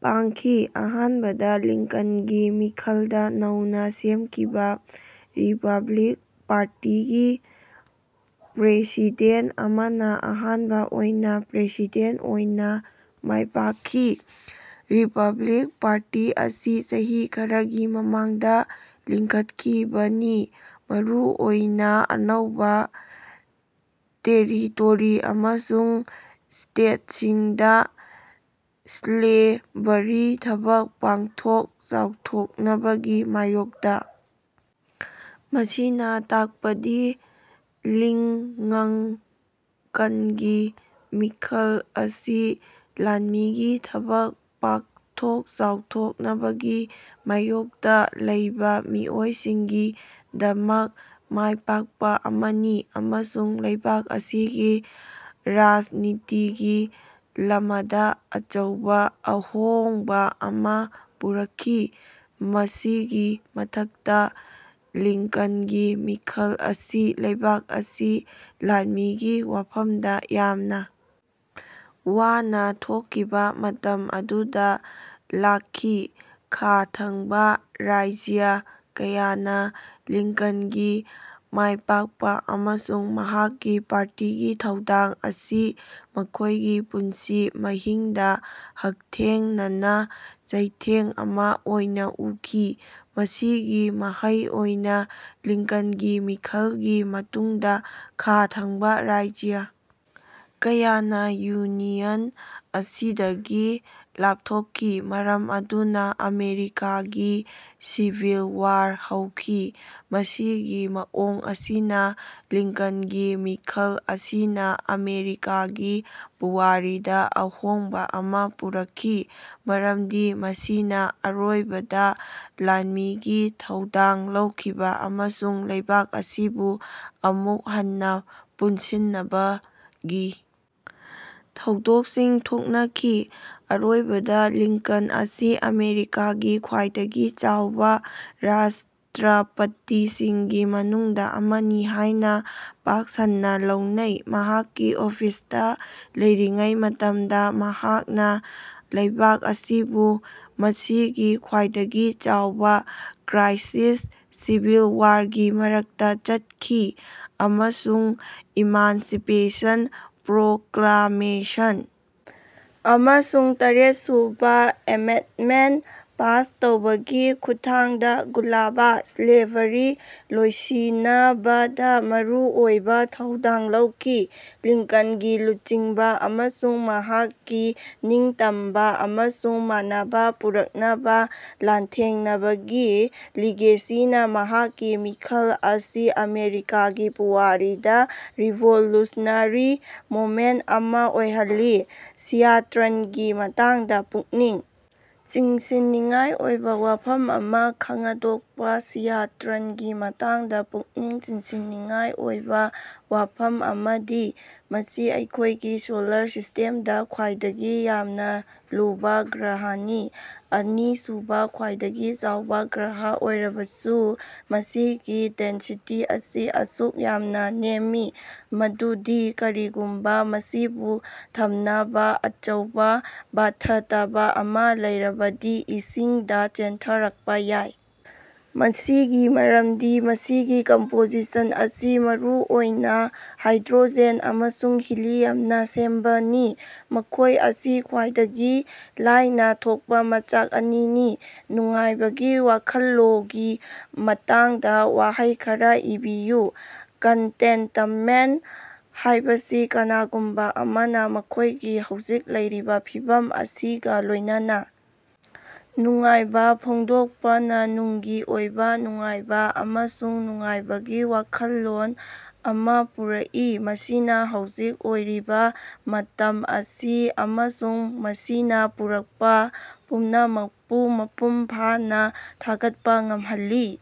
ꯄꯥꯡꯈꯤ: ꯑꯍꯥꯟꯕꯗ, ꯂꯤꯟꯀꯟꯒꯤ ꯃꯤꯈꯜꯗ ꯅꯧꯅ ꯁꯦꯝꯈꯤꯕ ꯔꯤꯄꯕ꯭ꯂꯤꯛ ꯄꯥꯔꯇꯤꯒꯤ ꯄ꯭ꯔꯦꯁꯤꯗꯦꯟꯠ ꯑꯃꯅ ꯑꯍꯥꯟꯕ ꯑꯣꯏꯅ ꯄ꯭ꯔꯦꯁꯤꯗꯦꯟꯠ ꯑꯣꯏꯅ ꯃꯥꯏꯄꯥꯛꯈꯤ꯫ ꯔꯤꯄꯕ꯭ꯂꯤꯛ ꯄꯥꯔꯇꯤ ꯑꯁꯤ ꯆꯍꯤ ꯈꯔꯒꯤ ꯃꯃꯥꯡꯗ ꯂꯤꯡꯈꯠꯈꯤꯕꯅꯤ, ꯃꯔꯨ ꯑꯣꯏꯅ ꯑꯅꯧꯕ ꯇꯦꯔꯤꯇꯣꯔꯤ ꯑꯃꯁꯨꯡ ꯁ꯭ꯇꯦꯠꯁꯤꯡꯗ ꯁ꯭ꯂꯦꯚꯔꯤ ꯊꯕꯛ ꯄꯥꯡꯊꯣꯛ ꯆꯥꯎꯊꯣꯛꯅꯕꯒꯤ ꯃꯥꯌꯣꯛꯇ꯫ ꯃꯁꯤꯅ ꯇꯥꯛꯄꯗꯤ ꯂꯤꯉꯡꯀꯟꯒꯤ ꯃꯤꯈꯜ ꯑꯁꯤ ꯂꯥꯟꯃꯤꯒꯤ ꯊꯕꯛ ꯄꯥꯛꯊꯣꯛ ꯆꯥꯎꯊꯣꯛꯅꯕꯒꯤ ꯃꯥꯌꯣꯛꯇ ꯂꯩꯕ ꯃꯤꯑꯣꯏꯁꯤꯡꯒꯤꯗꯃꯛ ꯃꯥꯏꯄꯥꯛꯄ ꯑꯃꯅꯤ ꯑꯃꯁꯨꯡ ꯂꯩꯕꯥꯛ ꯑꯁꯤꯒꯤ ꯔꯥꯖꯅꯤꯇꯤꯒꯤ ꯂꯃꯗ ꯑꯆꯧꯕ ꯑꯍꯣꯡꯕ ꯑꯃ ꯄꯨꯔꯛꯈꯤ꯫ ꯃꯁꯤꯒꯤ ꯃꯊꯛꯇ, ꯂꯤꯡꯀꯟꯒꯤ ꯃꯤꯈꯜ ꯑꯁꯤ ꯂꯩꯕꯥꯛ ꯑꯁꯤ ꯂꯥꯟꯃꯤꯒꯤ ꯋꯥꯐꯝꯗ ꯌꯥꯝꯅ ꯋꯥꯅ ꯊꯣꯛꯈꯤꯕ ꯃꯇꯝ ꯑꯗꯨꯗ ꯂꯥꯛꯈꯤ꯫ ꯈꯥ ꯊꯪꯕ ꯔꯥꯖ꯭ꯌ ꯀꯌꯥꯅꯥ ꯂꯤꯡꯀꯟꯒꯤ ꯃꯥꯏꯄꯥꯛꯄ ꯑꯃꯁꯨꯡ ꯃꯍꯥꯛꯀꯤ ꯄꯥꯔꯇꯤꯒꯤ ꯊꯧꯗꯥꯡ ꯑꯁꯤ ꯃꯈꯣꯏꯒꯤ ꯄꯨꯟꯁꯤ ꯃꯍꯤꯡꯗ ꯍꯛꯊꯦꯡꯅꯅ ꯆꯩꯊꯦꯡ ꯑꯃ ꯑꯣꯏꯅ ꯎꯈꯤ꯫ ꯃꯁꯤꯒꯤ ꯃꯍꯩ ꯑꯣꯏꯅ ꯂꯤꯡꯀꯟꯒꯤ ꯃꯤꯈꯜꯒꯤ ꯃꯇꯨꯡꯗ ꯈꯥ ꯊꯪꯕ ꯔꯥꯖ꯭ꯌ ꯀꯌꯥꯅ ꯌꯨꯅꯤꯌꯟ ꯑꯁꯤꯗꯒꯤ ꯂꯥꯞꯊꯣꯛꯈꯤ, ꯃꯔꯝ ꯑꯗꯨꯅ ꯑꯃꯦꯔꯤꯀꯥꯒꯤ ꯁꯤꯚꯤꯜ ꯋꯥꯔ ꯍꯧꯈꯤ꯫ ꯃꯁꯤꯒꯤ ꯃꯑꯣꯡ ꯑꯁꯤꯅ ꯂꯤꯡꯀꯟꯒꯤ ꯃꯤꯈꯜ ꯑꯁꯤꯅ ꯑꯃꯦꯔꯤꯀꯥꯒꯤ ꯄꯨꯋꯥꯔꯤꯗ ꯑꯍꯣꯡꯕ ꯑꯃ ꯄꯨꯔꯛꯈꯤ, ꯃꯔꯝꯗꯤ ꯃꯁꯤꯅ ꯑꯔꯣꯏꯕꯗ ꯂꯥꯟꯃꯤꯒꯤ ꯊꯧꯗꯥꯡ ꯂꯧꯈꯤꯕ ꯑꯃꯁꯨꯡ ꯂꯩꯕꯥꯛ ꯑꯁꯤꯕꯨ ꯑꯃꯨꯛ ꯍꯟꯅ ꯄꯨꯟꯁꯤꯅꯕꯒꯤ ꯊꯧꯗꯣꯛꯁꯤꯡ ꯊꯣꯛꯅꯈꯤ꯫ ꯑꯔꯣꯏꯕꯗ, ꯂꯤꯡꯀꯟ ꯑꯁꯤ ꯑꯃꯦꯔꯤꯀꯥꯒꯤ ꯈ꯭ꯋꯥꯏꯗꯒꯤ ꯆꯥꯎꯕ ꯔꯥꯁꯇ꯭ꯔꯄꯇꯤꯁꯤꯡꯒꯤ ꯃꯅꯨꯡꯗ ꯑꯃꯅꯤ ꯍꯥꯏꯅ ꯄꯥꯛ ꯁꯟꯅ ꯂꯧꯅꯩ꯫ ꯃꯍꯥꯛꯀꯤ ꯑꯣꯐꯤꯁꯇ ꯂꯩꯔꯤꯉꯩ ꯃꯇꯝꯗ ꯃꯍꯥꯛꯅ ꯂꯩꯕꯥꯛ ꯑꯁꯤꯕꯨ ꯃꯁꯤꯒꯤ ꯈ꯭ꯋꯥꯏꯗꯒꯤ ꯆꯥꯎꯕꯥ ꯀ꯭ꯔꯥꯏꯁꯤꯁ, ꯁꯤꯚꯤꯜ ꯋꯥꯔꯒꯤ ꯃꯔꯛꯇ ꯆꯠꯈꯤ ꯑꯃꯁꯨꯡ ꯏꯃꯥꯟꯁꯤꯄꯦꯁꯟ ꯄ꯭ꯔꯣꯀ꯭ꯂꯥꯃꯦꯁꯟ ꯑꯃꯁꯨꯡ ꯇꯔꯦꯠꯁꯨꯕ ꯑꯦꯃꯦꯠꯃꯦꯟꯠ ꯄꯥꯁ ꯇꯧꯕꯒꯤ ꯈꯨꯠꯊꯥꯡꯗ ꯒꯨꯂꯥꯕ(ꯁ꯭ꯂꯦꯚꯔꯤ) ꯂꯣꯏꯁꯤꯅꯕꯗ ꯃꯔꯨꯑꯣꯏꯕ ꯊꯧꯗꯥꯡ ꯂꯧꯈꯤ꯫ ꯂꯤꯡꯀꯟꯒꯤ ꯂꯨꯆꯤꯡꯕ ꯑꯃꯁꯨꯡ ꯃꯍꯥꯛꯀꯤ ꯅꯤꯡꯇꯝꯕ ꯑꯃꯁꯨꯡ ꯃꯥꯟꯅꯕ ꯄꯨꯔꯛꯅꯕ ꯂꯥꯟꯊꯦꯡꯅꯕꯒꯤ ꯂꯤꯒꯦꯁꯤꯅ ꯃꯍꯥꯛꯀꯤ ꯃꯤꯈꯜ ꯑꯁꯤ ꯑꯃꯦꯔꯤꯀꯥꯒꯤ ꯄꯨꯋꯥꯔꯤꯗ ꯔꯤꯚꯣꯂꯨꯁꯅꯔꯤ ꯃꯣꯃꯦꯟꯇ ꯑꯃ ꯑꯣꯏꯍꯜꯂꯤ꯫ ꯁꯤꯌꯥꯇ꯭ꯔꯟꯒꯤ ꯃꯇꯥꯡꯗ ꯄꯨꯛꯅꯤꯡ ꯆꯤꯡꯁꯤꯟꯅꯤꯡꯉꯥꯏ ꯑꯣꯏꯕ ꯋꯥꯐꯝ ꯑꯃ ꯈꯉꯗꯣꯛꯄ꯫ ꯁꯤꯌꯥꯇ꯭ꯔꯟꯒꯤ ꯃꯇꯥꯡꯗ ꯄꯨꯛꯅꯤꯡ ꯆꯤꯡꯁꯤꯟꯅꯤꯡꯉꯥꯏ ꯑꯣꯏꯕ ꯋꯥꯐꯝ ꯑꯃꯗꯤ ꯃꯁꯤ ꯑꯩꯈꯣꯏꯒꯤ ꯁꯣꯂꯥꯔ ꯁꯤꯁ꯭ꯇꯦꯝꯗ ꯈ꯭ꯋꯥꯏꯗꯒꯤ ꯌꯥꯝꯅ ꯂꯨꯕ ꯒ꯭ꯔꯍꯅꯤ꯫ ꯑꯅꯤꯁꯨꯕ ꯈ꯭ꯋꯥꯏꯗꯒꯤ ꯆꯥꯎꯕ ꯒ꯭ꯔꯍ ꯑꯣꯏꯔꯕꯁꯨ, ꯃꯁꯤꯒꯤ ꯗꯦꯟꯁꯤꯇꯤ ꯑꯁꯤ ꯑꯁꯨꯛ ꯌꯥꯝꯅ ꯅꯦꯝꯃꯤ ꯃꯗꯨꯗꯤ ꯀꯔꯤꯒꯨꯝꯕ ꯃꯁꯤꯕꯨ ꯊꯝꯅꯕ ꯑꯆꯧꯕ ꯕꯥꯊꯇꯕ ꯑꯃ ꯂꯩꯔꯕꯗꯤ ꯏꯁꯤꯡꯗ ꯆꯦꯟꯊꯔꯛꯄ ꯌꯥꯏ! ꯃꯁꯤꯒꯤ ꯃꯔꯝꯗꯤ ꯃꯁꯤꯒꯤ ꯀꯝꯄꯣꯖꯤꯁꯟ ꯑꯁꯤ ꯃꯔꯨꯑꯣꯏꯅ ꯍꯥꯏꯗ꯭ꯔꯣꯖꯦꯟ ꯑꯃꯁꯨꯡ ꯍꯤꯂꯤꯌꯝꯅ ꯁꯦꯝꯕꯅꯤ, ꯃꯈꯣꯏ ꯑꯁꯤ ꯈ꯭ꯋꯥꯏꯗꯒꯤ ꯂꯥꯏꯅ ꯊꯣꯛꯄ ꯃꯆꯥꯛ ꯑꯅꯤꯅꯤ꯫ ꯅꯨꯡꯉꯥꯏꯕꯒꯤ ꯋꯥꯈꯜꯂꯣꯒꯤ ꯃꯇꯥꯡꯗ ꯋꯥꯍꯩ ꯈꯔ ꯏꯕꯤꯌꯨ꯫ ꯀꯟꯇꯦꯟꯇꯃꯦꯟꯠ ꯍꯥꯏꯕꯁꯤ ꯀꯅꯥꯒꯨꯝꯕ ꯑꯃꯅ ꯃꯈꯣꯏꯒꯤ ꯍꯧꯖꯤꯛ ꯂꯩꯔꯤꯕ ꯐꯤꯚꯝ ꯑꯁꯤꯒ ꯂꯣꯏꯅꯅ ꯅꯨꯡꯉꯥꯏꯕ ꯐꯣꯡꯗꯣꯛꯄꯅ ꯅꯨꯡꯒꯤ ꯑꯣꯏꯕ ꯅꯨꯡꯉꯥꯏꯕ ꯑꯃꯁꯨꯡ ꯅꯨꯡꯉꯥꯏꯕꯒꯤ ꯋꯥꯈꯜꯂꯣꯟ ꯑꯃ ꯄꯨꯔꯛꯏ, ꯃꯁꯤꯅ ꯍꯧꯖꯤꯛ ꯑꯣꯏꯔꯤꯕ ꯃꯇꯝ ꯑꯁꯤ ꯑꯃꯁꯨꯡ ꯃꯁꯤꯅ ꯄꯨꯔꯛꯄ ꯄꯨꯝꯅꯃꯛꯄꯨ ꯃꯄꯨꯝ ꯐꯥꯅ ꯊꯥꯒꯠꯄ ꯉꯝꯍꯜꯂꯤ꯫